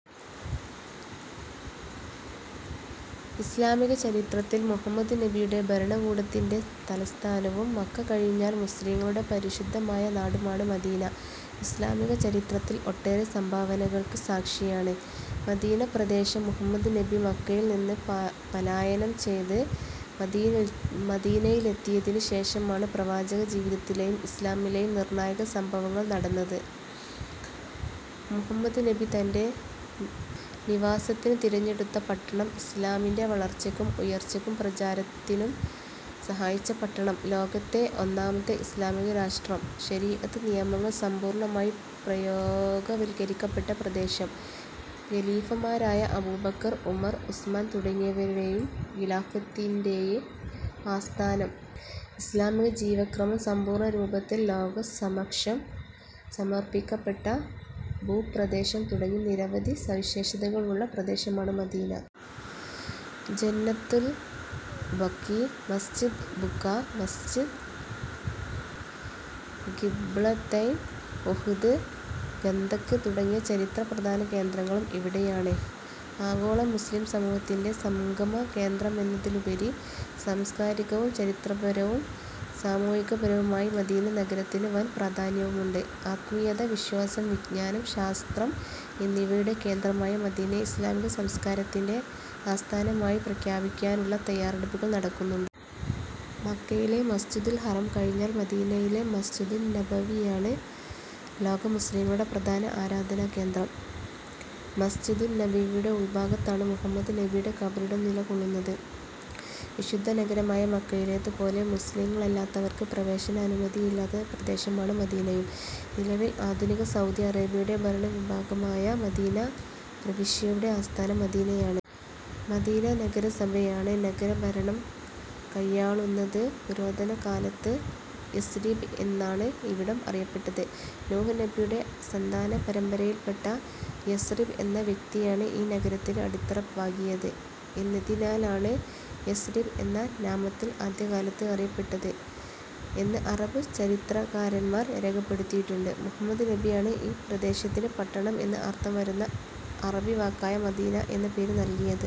ഇസ്ലാമികചരിത്രത്തിൽ മുഹമ്മദ് നബിയുടെ ഭരണകൂടത്തിന്റെ തലസ്ഥാനവും മക്ക കഴിഞ്ഞാൽ മുസ്ലിംകളുടെ പരിശുദ്ധമായ നാടുമാണ് മദീന. ഇസ്ലാമിക ചരിത്രത്തിൽ ഒട്ടേറെ സംഭവങ്ങൾക്ക് സാക്ഷിയാണ് മദീന പ്രദേശം. മുഹമ്മദ് നബി മക്കയിൽ നിന്ന് പലായനം ചെയ്ത് മദീനയിലെത്തിയതിനു ശേഷമാണ് പ്രവാചക ജീവിതത്തിലെയും ഇസ്ലാമിലെയും നിർണായക സംഭവങ്ങൾ നടന്നത്. മുഹമ്മദ് നബി തന്റെ നിവാസത്തിനു തിരഞ്ഞെടുത്ത പട്ടണം, ഇസ്ലാമിന്റെ വളർച്ചക്കും ഉയർച്ചക്കും പ്രചാരത്തിനും സഹായിച്ച പട്ടണം, ലോകത്തെ ഒന്നാമത്തെ ഇസ്ലാമിക രാഷ്ട്രം, ശരീഅത്ത് നിയമങ്ങൾ സമ്പൂർണ്ണമായി പ്രയോഗവൽക്കരിക്കപ്പെട്ട പ്രദേശം, ഖലീഫമാരായ അബൂബക്കർ, ഉമർ, ഉസ്മാൻ തുടങ്ങിയവരുടെയും ഖിലാഫത്തിന്റെ ആസ്ഥാനം, ഇസ്ലാമിക ജീവിതക്രമം സമ്പൂർണ രൂപത്തിൽ ലോകസമക്ഷം സമർപ്പിക്കപ്പെട്ട ഭൂപ്രദേശം തുടങ്ങി നിരവധി സവിശേഷതകളുള്ള പ്രദേശമാണ് മദീന. ജന്നത്തുൽ ബഖീ, മസ്ജിദ് ഖുബാ, മസ്ജിദ് ഖിബ്ലതൈൻ, ഉഹ്ദ്, ഖന്തക്ക് തുടങ്ങിയ ചരിത്ര പ്രധാന കേന്ദ്രങ്ങളും ഇവിടെയാണ്. ആഗോള മുസ്ലിം സമൂഹത്തിന്റെ സംഗമ കേന്ദ്രമെന്നതിലുപരി സാംസ്കാരികവും ചരിത്രപരവും സാമൂഹികപരവുമായി മദീന നഗരത്തിനു വൻ പ്രാധാന്യവുമുണ്ട്. ആത്മീയത, വിശ്വാസം, വിജ്ഞാനം, ശാസ്ത്രം എന്നിവയുടെ കേന്ദ്രമായ മദീനയെ ഇസ്ലാമിക സംസ്കാരത്തിന്റെ ആസ്ഥാനമായി പ്രഖ്യാപിക്കാനുള്ള തയ്യാറെടുപ്പുകൾ നടക്കുന്നുണ്ട്. മക്കയിലെ മസ്ജിദുൽ ഹറം കഴിഞ്ഞാൽ മദീനയിലെ മസ്ജിദുന്നബവിയാണ് ലോക മുസ്ലിംകളുടെ പ്രധാന ആരാധനാ കേന്ദ്രം. മസ്ജിദുന്നബവിയുടെ ഉൾഭാഗത്താണ് മുഹമ്മദ് നബിയുടെ ഖബറിടം നില കൊള്ളുന്നത്. വിശുദ്ധ നഗരമായ മക്കയിലേതു പോലെ മുസ്ലിംകളല്ലാത്തവർക്ക് പ്രവേശന അനുമതിയില്ലാത്ത പ്രദേശമാണ് മദീനയും. നിലവിൽ ആധുനിക സൗദി അറേബ്യയുടെ ഭരണ വിഭാഗമായ മദീന പ്രവിശ്യയുടെ ആസ്ഥാനം മദീനയാണ്. മദീന നഗരസഭയാണ് നഗരഭരണം കയ്യാളുന്നത്. പുരാതന കാലത്ത് യസ്'രിബ് എന്നാണ് ഇവിടം അറിയപ്പെട്ടത്. നൂഹ് നബിയുടെ സന്താന പരമ്പരയിൽ പെട്ട യസ്രിബ് എന്ന വ്യക്തിയാണ് ഈ നഗരത്തിനു അടിത്തറ പാകിയത് എന്നതിനാലാണ് യസ്'രിബ് എന്ന നാമത്തിൽ ആദ്യകാലത്ത് അറിയപ്പെട്ടത് എന്ന് അറബ് ചരിത്രകാരന്മാർ രേഖപ്പെടുത്തിയിട്ടുണ്ട്. മുഹമ്മദ് നബിയാണ് ഈ പ്രദേശത്തിന് പട്ടണം എന്ന് അർഥം വരുന്ന അറബി വാക്കായ മദീന എന്ന പേര് നൽകിയത്.